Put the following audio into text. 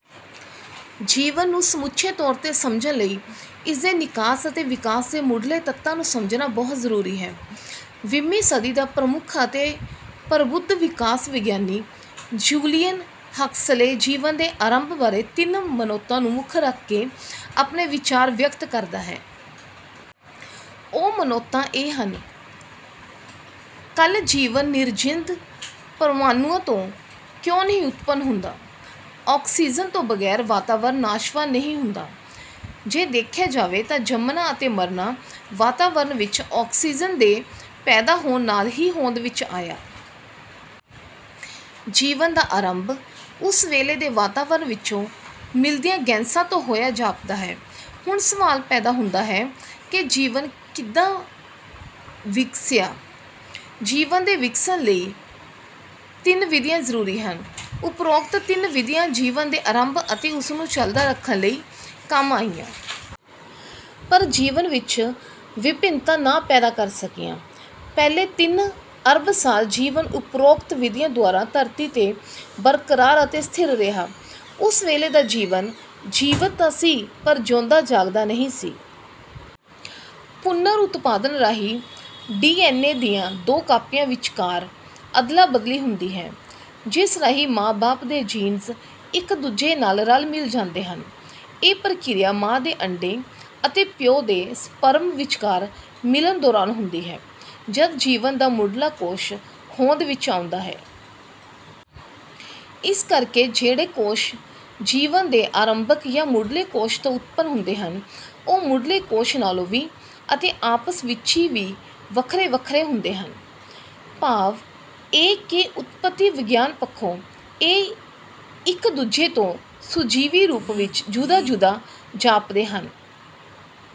ਜੀਵਨ ਨੂੰ ਸਮੁੱਚੇ ਤੌਰ 'ਤੇ ਸਮਝਣ ਲਈ ਇਸ ਦੇ ਨਿਕਾਸ ਅਤੇ ਵਿਕਾਸ ਦੇ ਮੁੱਢਲੇ ਤੱਤਾਂ ਨੂੰ ਸਮਝਣਾ ਬਹੁਤ ਜ਼ਰੂਰੀ ਹੈ। ਵੀਹਵੀਂ ਸਦੀ ਦਾ ਪ੍ਰਮੁੱਖ ਅਤੇ ਪ੍ਰਬੁੱਧ ਵਿਕਾਸ ਵਿਗਿਆਨੀ ਯੂਲੀਅਨ ਹਕਸਲੇ ਜੀਵਨ ਦੇ ਆਰੰਭ ਬਾਰੇ ਤਿੰਨ ਮਨੌਤਾਂ ਨੂੰ ਮੁੱਖ ਰੱਖ ਕੇ ਆਪਣੇ ਵਿਚਾਰ ਵਿਅਕਤ ਕਰਦਾ ਹੈ। ਉਹ ਮਨੌਤਾਂ ਇਹ ਹਨ: ਕੱਲ ਜੀਵਨ ਨਿਰਜਿੰਦ ਪ੍ਰਮਾਣੂਆਂ ਤੋਂ ਕਿਉਂ ਨਹੀਂ ਉਤਪੰਨ ਹੁੰਦਾ? ਆਕਸੀਜਨ ਤੋਂ ਬਗੈਰ ਵਾਤਾਵਰਣ ਨਾਸ਼ਵਾਨ ਨਹੀਂ ਹੁੰਦਾ। ਜੇ ਦੇਖਿਆ ਜਾਵੇ ਤਾਂ ਜੰਮਣਾ ਅਤੇ ਮਰਨਾ ਵਾਤਾਵਰਣ ਵਿੱਚ ਆਕਸੀਜ਼ਨ ਦੇ ਪੈਦਾ ਹੋਣ ਨਾਲ ਹੀ ਹੋਂਦ ਵਿੱਚ ਆਇਆ। ਜੀਵਨ ਦਾ ਆਰੰਭ ਉਸ ਵੇਲੇ ਦੇ ਵਾਤਾਵਰਨ ਵਿਚੋਂ ਮਿਲਦੀਆਂ ਗੈਸਾਂ ਤੋਂ ਹੋਇਆ ਜਾਪਦਾ ਹੈ। ਹੁਣ ਸਵਾਲ ਪੈਦਾ ਹੁੰਦਾ ਹੈ ਕਿ ਜੀਵਨ ਕਿੱਦਾਂ ਵਿਗਸਿਆ? ਜੀਵਨ ਦੇ ਵਿਗਸਣ ਲਈ ਤਿੰਨ ਵਿਧੀਆਂ ਜਰੂਰੀ ਹਨ। ਉਪਰੋਕਤ ਤਿੰਨ ਵਿਧੀਆਂ ਜੀਵਨ ਦੇ ਆਰੰਭ ਅਤੇ ਉਸ ਨੂੰ ਚੱਲਦਾ ਰੱਖਣ ਲਈ ਕੰਮ ਆਈਆਂ। ਪਰ ਜੀਵਨ ਵਿੱਚ ਵਿਭਿੰਨਤਾ ਨਾ ਪੈਦਾ ਕਰ ਸਕੀਆਂ। ਪਹਿਲੇ ਤਿੰਨ ਅਰਬ ਸਾਲ ਜੀਵਨ ਉਪਰੋਕਤ ਵਿਧੀਆਂ ਦੁਆਰਾ ਧਰਤੀ 'ਤੇ ਬਰਕਰਾਰ ਅਤੇ ਸਥਿਰ ਰਿਹਾ। ਉਸ ਵੇਲੇ ਦਾ ਜੀਵਨ, ਜੀਵਤ ਤਾਂ ਸੀ ਪਰ ਜਿਉਂਦਾ-ਜਾਗਦਾ ਨਹੀਂ ਸੀ। ਪੁਨਰ ਉਤਪਾਦਨ ਰਾਹੀਂ ਡੀ. ਐੱਨ. ਏ ਦੀਆਂ ਦੋ ਕਾਪੀਆਂ ਵਿਚਕਾਰ ਅਦਲਾ ਬਦਲੀ ਹੁੰਦੀ ਹੈ ਜਿਸ ਰਾਹੀਂ ਮਾਂ-ਬਾਪ ਦੇ ਜੀਨਜ਼ ਇੱਕ ਦੂਜੇ ਨਾਲ ਰਲ ਮਿਲ ਜਾਂਦੇ ਹਨ। ਇਹ ਪ੍ਰਕਿਰਿਆ ਮਾਂ ਦੇ ਅੰਡੇ ਅਤੇ ਪਿਓ ਦੇ ਸਪਰਮ ਵਿਚਕਾਰ ਮਿਲਣ ਦੌਰਾਨ ਹੁੰਦੀ ਹੈ ਜਦ ਜੀਵਨ ਦਾ ਮੁੱਢਲਾ ਕੋਸ਼ ਹੋਂਦ ਵਿੱਚ ਆਉਂਦਾ ਹੈ। ਇਸ ਕਰਕੇ ਜਿਹੜੇ ਕੋਸ਼ ਜੀਵਨ ਦੇ ਆਰੰਭਕ ਜਾਂ ਮੁੱਢਲੇ ਕੋਸ਼ ਤੋਂ ਉਤਪੰਨ ਹੁੰਦੇ ਹਨ, ਉਹ ਮੁੱਢਲੇ ਕੋਸ਼ ਨਾਲੋਂ ਵੀ ਅਤੇ ਆਪਸ-ਵਿਚੀ ਵੀ ਵੱਖਰੇ-ਵੱਖਰੇ ਹੁੰਦੇ ਹਨ, ਭਾਵ ਇਹ ਕਿ ਉਤਪਤੀ ਵਿਗਿਆਨ ਪੱਖੋਂ ਇਹ ਇੱਕ ਦੂਜੇ ਤੋਂ ਸੁਜੀਵੀ ਰੂਪ ਵਿੱਚ ਜੁਦਾ-ਜੁਦਾ ਜਾਪਦੇ ਹਨ।